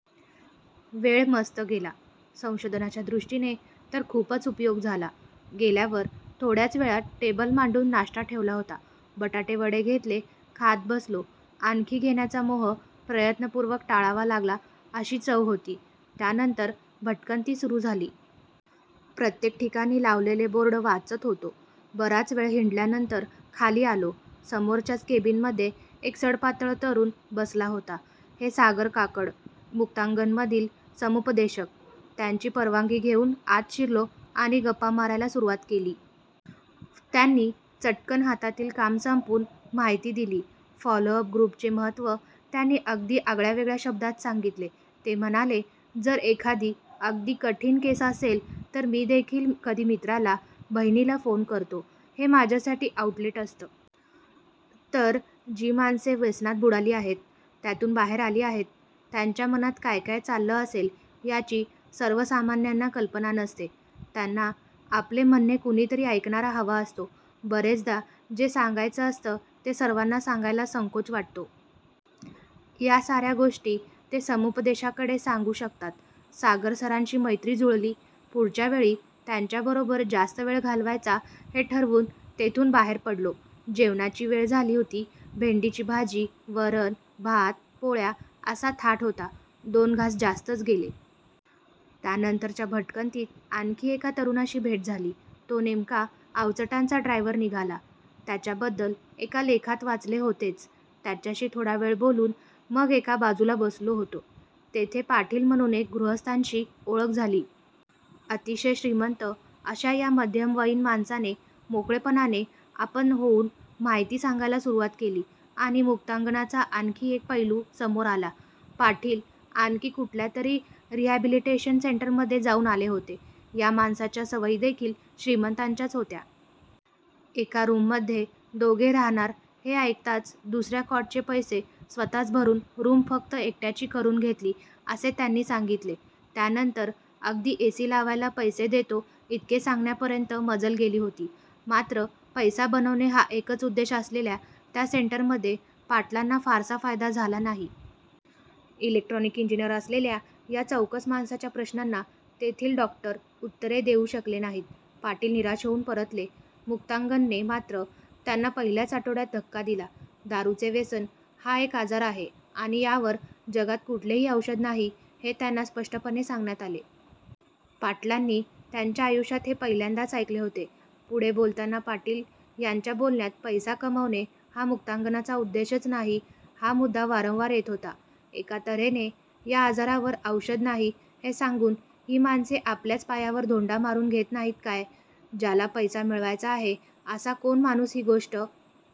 वेळ मस्त गेला. संशोधनाच्या दृष्टीने तर खूपच उपयोग झाला. गेल्यावर थोड्याच वेळात टेबल मांडून नाश्ता ठेवला होता. बटाटेवडे घेतले. खात बसलो. आणखी घेण्याचा मोह प्रयत्नपूर्वक टाळावा लागला अशी चव होती. त्यानंतर भटकंती सुरू झाली. प्रत्येक ठिकाणी लावलेले बोर्ड वाचत होतो. बराच वेळ हिंडल्यानंतर खाली आलो. समोरच्याच केबिनमध्ये एक सडपातळ तरुण बसला होता. हे सागर काकड. मुक्तांगणमधील समुपदेशक. त्यांची परवानगी घेऊन आत शिरलो आणि गप्पा मारायला सुरुवात केली. त्यांनी चटकन हातातील काम संपवून माहिती दिली. फॉलोअप ग्रुपचे महत्त्व त्यांनी अगदी आगळ्यावेगळ्या शब्दांत सांगितले. ते म्हणाले जर एखादी अगदी कठीण केस असेल तर मीदेखील कधी मित्राला, बहिणीला फोन करतो. हे माझ्यासाठी आउटलेट असतं. तर जी माणसे व्यसनात बुडाली आहेत, त्यातून बाहेर आली आहेत, त्यांच्या मनात काय काय चाललं असेल याची सर्वसामान्यांना कल्पना नसते. त्यांना आपले म्हणणे कुणीतरी ऐकणारा हवा असतो. बरेचदा जे सांगायचं असतं ते सर्वांना सांगायला संकोच वाटतो. या साऱ्या गोष्टी ते समुपदेशकाकडे सांगू शकतात. सागरसरांशी मैत्री जुळली. पुढच्यावेळी त्यांच्याबरोबर जास्त वेळ घालवायचा हे ठरवून तेथून बाहेर पडलो. जेवण्याची वेळ झाली होती. भेंडीची भाजी, वरण, भात, पोळ्या असा थाट होता. दोन घास जास्तच गेले. त्यानंतरच्या भटकंतीत आणखी एका तरुणाशी भेट झाली. तो नेमका अवचटांचा ड्रायव्हर निघाला. त्याच्याबद्दल एका लेखात वाचले होतेच. त्याच्याशी थोडा वेळ बोलून मग एका बाजूला बसलो होतो. तेथे पाटील म्हणून एक गृहस्थांशी ओळख झाली. अतिशय श्रीमंत अशा या मध्यमवयीन माणसाने मोकळेपणाने आपण होऊन माहिती सांगायला सुरुवात केली आणि मुक्तांगणचा आणखी एक पैलू समोर आला. पाटील आणखी कुठल्यातरी रिहॅबिलिटेशन सेंटरमध्ये जाऊन आले होते. या माणसाच्या सवयीदेखील श्रीमंतांच्याच होत्या. एका रूममध्ये दोघे राहणार हे ऐकताच दुसऱ्या कॉटचे पैसे स्वतःच भरून रूम फक्त एकट्याची करून घेतली असे त्यांनी सांगितले. त्यानंतर अगदी एसी लावायला पैसे देतो इतके सांगण्यापर्यंत मजल गेली होती. मात्र पैसा बनवणे हा एकच उद्देश असलेल्या त्या सेंटरमध्ये पाटलांना फारसा फायदा झाला नाही. इलेक्ट्रॉनिक इंजिनिअर असलेल्या या चौकस माणसाच्या प्रश्नांना तेथील डॉक्टर उत्तरे देऊ शकले नाहीत. पाटील निराश होऊन परतले. मुक्तांगणने मात्र त्यांना पहिल्याच आठवड्यात धक्का दिला. दारूचे व्यसन हा एक आजार आहे आणि यावर जगात कुठलेही औषध नाही हे त्यांना स्पष्टपणे सांगण्यात आले. पाटलांनी त्यांच्या आयुष्यात हे पहिल्यांदाच ऐकले होते. पुढे बोलताना पाटील यांच्या बोलण्यात पैसा कमवणे हा मुक्तांगणचा उद्देशच नाही हा मुद्दा वारंवार येत होता. एका तऱ्हेने या आजारावर औषध नाही हे सांगून ही माणसे आपल्याच पायावर धोंडा मारून घेत नाहीत काय? ज्याला पैसा मिळवायचा आहे असा कोण माणूस ही गोष्ट